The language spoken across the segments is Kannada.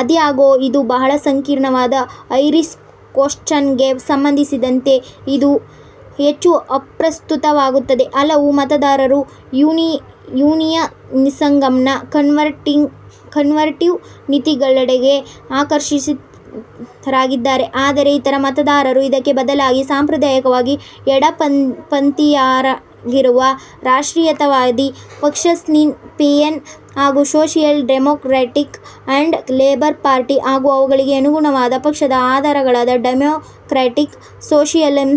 ಆದಾಗ್ಯೂ ಇದು, ಬಹಳ ಸಂಕೀರ್ಣವಾದ ಐರಿಶ್ ಕೊಶ್ಚನ್ ಗೆ ಸಂಬಂಧಿಸಿದಂತೆ ಇದು ಹೆಚ್ಚು ಅಪ್ರಸ್ತುತವಾಗುತ್ತದೆ. ಹಲವು ಮತದಾರರು ಯೂನಿಯನಿಸಂನ ಕನ್ಸರ್ವೇಟಿವ್ ನೀತಿಗಳೆಡೆಗೆ ಆಕರ್ಷಿತರಾಗಿದ್ದಾರೆ, ಆದರೆ ಇತರ ಮತದಾರರು ಇದಕ್ಕೆ ಬದಲಾಗಿ ಸಾಂಪ್ರದಾಯಿಕವಾಗಿ ಎಡಪಂಥೀಯರಾಗಿರುವ, ರಾಷ್ಟ್ರೀಯತಾವಾದಿ ಪಕ್ಷ ಸಿನ್ನ್ ಫೆಯಿನ್ ಹಾಗು social democratic and labour party ಹಾಗು ಅವುಗಳಿಗೆ ಅನುಗುಣವಾದ ಪಕ್ಷದ ಆಧಾರಗಳಾದ ಡೆಮೋಕ್ರ್ಯಾಟಿಕ್ ಸೋಷಿಯಲಿಸಂ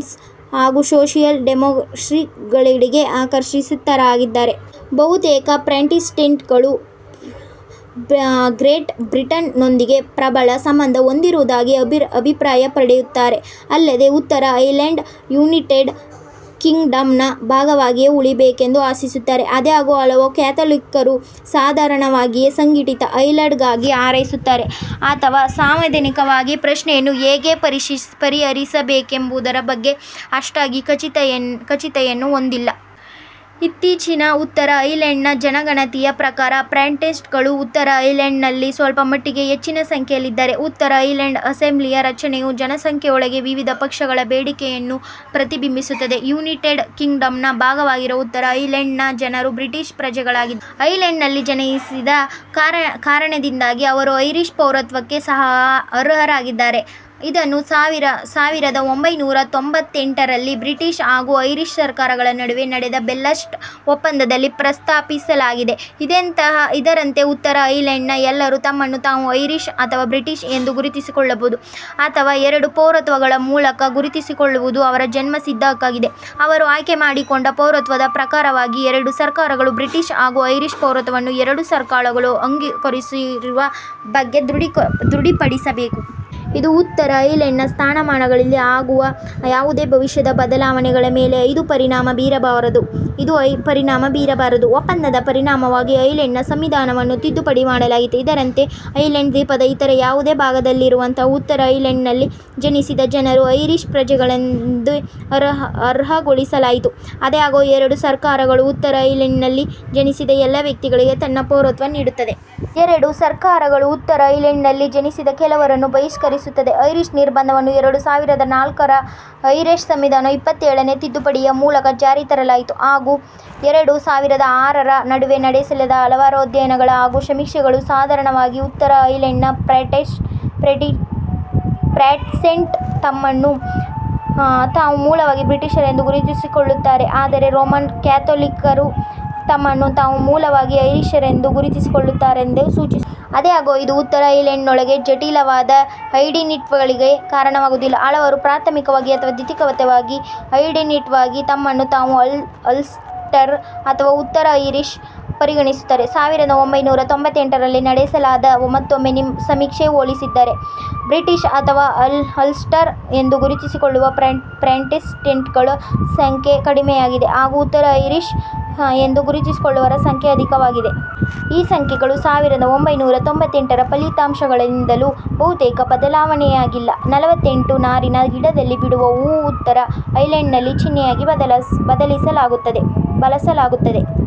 ಹಾಗು ಸೋಶಿಯಲ್ ಡೆಮೋಕ್ರೆಸಿಗಳೆಡೆಗೆ ಆಕರ್ಷಿತರಾಗಿದ್ದಾರೆ. ಬಹುತೇಕವಾಗಿ, ಪ್ರಾಟೆಸ್ಟೆಂಟ್ ಗಳು ಗ್ರೇಟ್ ಬ್ರಿಟನ್ ನೊಂದಿಗೆ ಪ್ರಬಲ ಸಂಬಂಧ ಹೊಂದಿರುವುದಾಗಿ ಅಭಿಪ್ರಾಯಪಡುತ್ತಾರೆ. ಅಲ್ಲದೇ ಉತ್ತರ ಐರ್ಲೆಂಡ್, ಯುನೈಟೆಡ್ ಕಿಂಗ್ಡಮ್ ನ ಭಾಗವಾಗಿಯೇ ಉಳಿಯಬೇಕೆಂದು ಆಶಿಸುತ್ತಾರೆ. ಆದಾಗ್ಯೂ ಹಲವು ಕ್ಯಾಥೋಲಿಕ್ಕರು, ಸಾಧಾರಣವಾಗಿ ಸಂಘಟಿತ ಐರ್ಲೆಂಡ್ ಗಾಗಿ ಹಾರೈಸುತ್ತಾರೆ ಅಥವಾ ಸಾಂವಿಧಾನಿಕ ಪ್ರಶ್ನೆಯನ್ನು ಹೇಗೆ ಪರಿಹರಿಸಬೇಕೆಂಬುದರ ಬಗ್ಗೆ ಅಷ್ಟಾಗಿ ಖಚಿತತೆಯನ್ನು ಹೊಂದಿಲ್ಲ. ಇತ್ತೀಚಿನ ಉತ್ತರ ಐರ್ಲೆಂಡ್ ನ ಜನಗಣತಿಯ ಪ್ರಕಾರ ಪ್ರಾಟೆಸ್ಟೆಂಟ್ ಗಳು ಉತ್ತರ ಐರ್ಲೆಂಡ್ ನಲ್ಲಿ ಸ್ವಲ್ಪ ಮಟ್ಟಿಗೆ ಹೆಚ್ಚಿನ ಸಂಖ್ಯೆಯಲ್ಲಿದ್ದಾರೆ। ಉತ್ತರ ಐರ್ಲೆಂಡ್ ಅಸೆಂಬ್ಲಿಯ ರಚನೆಯು ಜನಸಂಖ್ಯೆಯೊಳಗೆ ವಿವಿಧ ಪಕ್ಷಗಳ ಬೇಡಿಕೆಯನ್ನು ಪ್ರತಿಬಿಂಬಿಸುತ್ತದೆ. ಯುನೈಟೆಡ್ ಕಿಂಗ್ಡಮ್ ನ ಭಾಗವಾಗಿರುವ ಉತ್ತರ ಐರ್ಲೆಂಡ್ ನ ಜನರು ಬ್ರಿಟಿಶ್ ಪ್ರಜೆಗಳಾಗಿದ್ದಾರೆ. ಐರ್ಲೆಂಡ್ ನಲ್ಲಿ ಜನಿಸಿದ ಕಾರಣದಿಂದಾಗಿ ಅವರು ಐರಿಶ್ ಪೌರತ್ವಕ್ಕೂ ಸಹ ಅರ್ಹರಾಗಿದ್ದಾರೆ, ಇದನ್ನು ಸಾವಿರದ ಒಂಭೈನೂರ ತೊಂಬತ್ತೆಂಟರಲ್ಲಿ ಬ್ರಿಟಿಶ್ ಹಾಗು ಐರಿಶ್ ಸರ್ಕಾರಗಳ ನಡುವೆ ನಡೆದ ಬೆಲ್ಫಾಸ್ಟ್ ಒಪ್ಪಂದದಲ್ಲಿ ಪ್ರಸ್ತಾಪಿಸಲಾಗಿದೆ, ಇದರಂತೆ: ಉತ್ತರ ಐರ್ಲೆಂಡ್ ನ ಎಲ್ಲರೂ ತಮ್ಮನ್ನು ತಾವು ಐರಿಶ್ ಅಥವಾ ಬ್ರಿಟಿಶ್ ಎಂದು ಗುರುತಿಸಿಕೊಳ್ಳುವುದು ಅಥವಾ ಎರಡೂ ಪೌರತ್ವಗಳ ಮೂಲಕ ಗುರುತಿಸಿಕೊಳ್ಳುವುದು ಅವರ ಜನ್ಮಸಿದ್ಧ ಹಕ್ಕಾಗಿದೆ, ಅವರು ಆಯ್ಕೆ ಮಾಡಿಕೊಂಡ ಪೌರತ್ವದ ಪ್ರಕಾರವಾಗಿಎರಡೂ ಸರ್ಕಾರಗಳು ಬ್ರಿಟಿಶ್ ಹಾಗು ಐರಿಶ್ ಪೌರತ್ವವನ್ನು ಎರಡೂ ಸರ್ಕಾರಗಳು ಅಂಗೀಕರಿಸಿರುವ ಬಗ್ಗೆ ದೃಢಪಡಿಸಬೇಕು. ಇದು ಉತ್ತರ ಐರ್ಲೆಂಡ್ ನ ಸ್ಥಾನಮಾನದಲ್ಲಿ ಆಗುವ ಯಾವುದೇ ಭವಿಷ್ಯದ ಬದಲಾವಣೆಗಳ ಮೇಲೆ ಇದು ಪರಿಣಾಮ ಬೀರಬಾರದು. ಒಪ್ಪಂದದ ಪರಿಣಾಮವಾಗಿ, ಐರ್ಲೆಂಡ್ ನ ಸಂವಿಧಾನವನ್ನು ತಿದ್ದುಪಡಿ ಮಾಡಲಾಯಿತು, ಇದರಂತೆ, ಐರ್ಲೆಂಡ್ ದ್ವೀಪದ ಇತರ ಯಾವುದೇ ಭಾಗದಲ್ಲಿರುವಂತೆ ಉತ್ತರ ಐರ್ಲೆಂಡ್ ನಲ್ಲಿ ಜನಿಸಿದ ಜನರು ಐರಿಶ್ ಪ್ರಜೆಗಳೆಂದು ಅರ್ಹಗೊಳಿಸಲಾಯಿತು ಆದಾಗ್ಯೂ, ಎರಡೂ ಸರ್ಕಾರಗಳು, ಉತ್ತರ ಐರ್ಲೆಂಡ್ ನಲ್ಲಿ ಜನಿಸಿದ ಎಲ್ಲ ವ್ಯಕ್ತಿಗಳಿಗೆ ತನ್ನ ಪೌರತ್ವ ನೀಡುತ್ತದೆ। ಎರಡೂ ಸರ್ಕಾರಗಳು ಉತ್ತರ ಐರ್ಲೆಂಡ್ ನಲ್ಲಿ ಜನಿಸಿದ ಕೆಲವರನ್ನು ಬಹಿಷ್ಕರಿಸುತ್ತದೆ. ಐರಿಶ್ ನಿರ್ಬಂಧವನ್ನು ಎರಡು ಸಾವಿರದ ನಾಲ್ಕರ ಐರಿಶ್ ಸಂವಿಧಾನದ ಇಪ್ಪತ್ತೇಳನೆ ತಿದ್ದುಪಡಿಯ ಮೂಲಕ ಜಾರಿಗೆ ತರಲಾಯಿತು। ಹಾಗು ಎರಡು ಸಾವಿರದ ಆರರ ನಡುವೆ ನಡೆಸಲಾದ ಹಲವಾರು ಅಧ್ಯಯನಗಳು ಹಾಗು ಸಮೀಕ್ಷೆಗಳು, ಸಾಧಾರಣವಾಗಿ, ಉತ್ತರ ಐರ್ಲೆಂಡ್ ನ ಪ್ರಾಟೆಸ್ಟೆಂಟ್ ತಮ್ಮನ್ನು ತಾವು ಮೂಲವಾಗಿ 'ಬ್ರಿಟಿಷರೆಂದು' ಗುರುತಿಸಿಕೊಳ್ಳುತ್ತಾರೆ, ಆದರೆ ರೋಮನ್ ಕ್ಯಾಥೋಲಿಕ್ಕರು ತಮ್ಮನ್ನು ತಾವು ಮೂಲವಾಗಿ 'ಐರಿಶರೆಂದು' ಗುರುತಿಸಿಕೊಳ್ಳುತ್ತಾರೆಂದು ಸೂಚಿಸುತ್ತದೆ. ಆದಾಗ್ಯೂ, ಇದು ಉತ್ತರ ಐರ್ಲೆಂಡ್ ನೊಳಗೆ ಜಟಿಲವಾದ ಐಡೆನ್ಟಿಟಿಗಳಿಗೆ ಕಾರಣವಾಗುವುದಿಲ್ಲ, ಹಲವರು ಪ್ರಾಥಮಿಕವಾಗಿ, ಅಥವಾ ದ್ವಿತೀಯಕ ಐಡೆನ್ಟಿಟಿಯಾಗಿ ತಮ್ಮನ್ನು ತಾವು "ಅಲ್ಸ್ಟರ್" ಅಥವಾ "ಉತ್ತರ ಐರಿಶ್" ಎಂದು ಪರಿಗಣಿಸುತ್ತಾರೆ. ಸಾವಿರದ ಒಂಭೈನೂರ ತೊಂಬತ್ತೆಂಟರಲ್ಲಿ ನಡೆಸಲಾದ ಮತ್ತೊಂದು ಸಮೀಕ್ಷೆಗೆ ಹೋಲಿಸಿದರೆ, ಬ್ರಿಟಿಶ್ ಅಥವಾ ಅಲ್ಸ್ಟರ್ ಎಂದು ಗುರುತಿಸಿಕೊಳ್ಳುವ ಪ್ರಾಟೆಸ್ಟೆಂಟ್ ಗಳ ಸಂಖ್ಯೆ ಕಡಿಮೆಯಾಗಿದೆ; ಹಾಗು ಉತ್ತರ ಐರಿಶ್ ಎಂದು ಗುರುತಿಸಿಕೊಳ್ಳುವವರ ಸಂಖ್ಯೆ ಅಧಿಕವಾಗಿದೆ. ಈ ಸಂಖ್ಯೆಗಳು ಸಾವಿರದ ಒಂಭೈನೂರ ತೊಂಬತ್ತೆಂಟರ ಫಲಿತಾಂಶಗಳಿಂದಲೂ ಬಹುತೇಕ ಬದಲಾವಣೆಯಾಗಿಲ್ಲ. ನಲವತ್ತೆಂಟು ನಾರಿನ ಗಿಡದಲ್ಲಿ ಬಿಡುವ ಹೂವು ಉತ್ತರ ಐರ್ಲೆಂಡ್ ನಲ್ಲಿ ಚಿಹ್ನೆಯಾಗಿ ಬಳಸಲಾಗುತ್ತದೆ.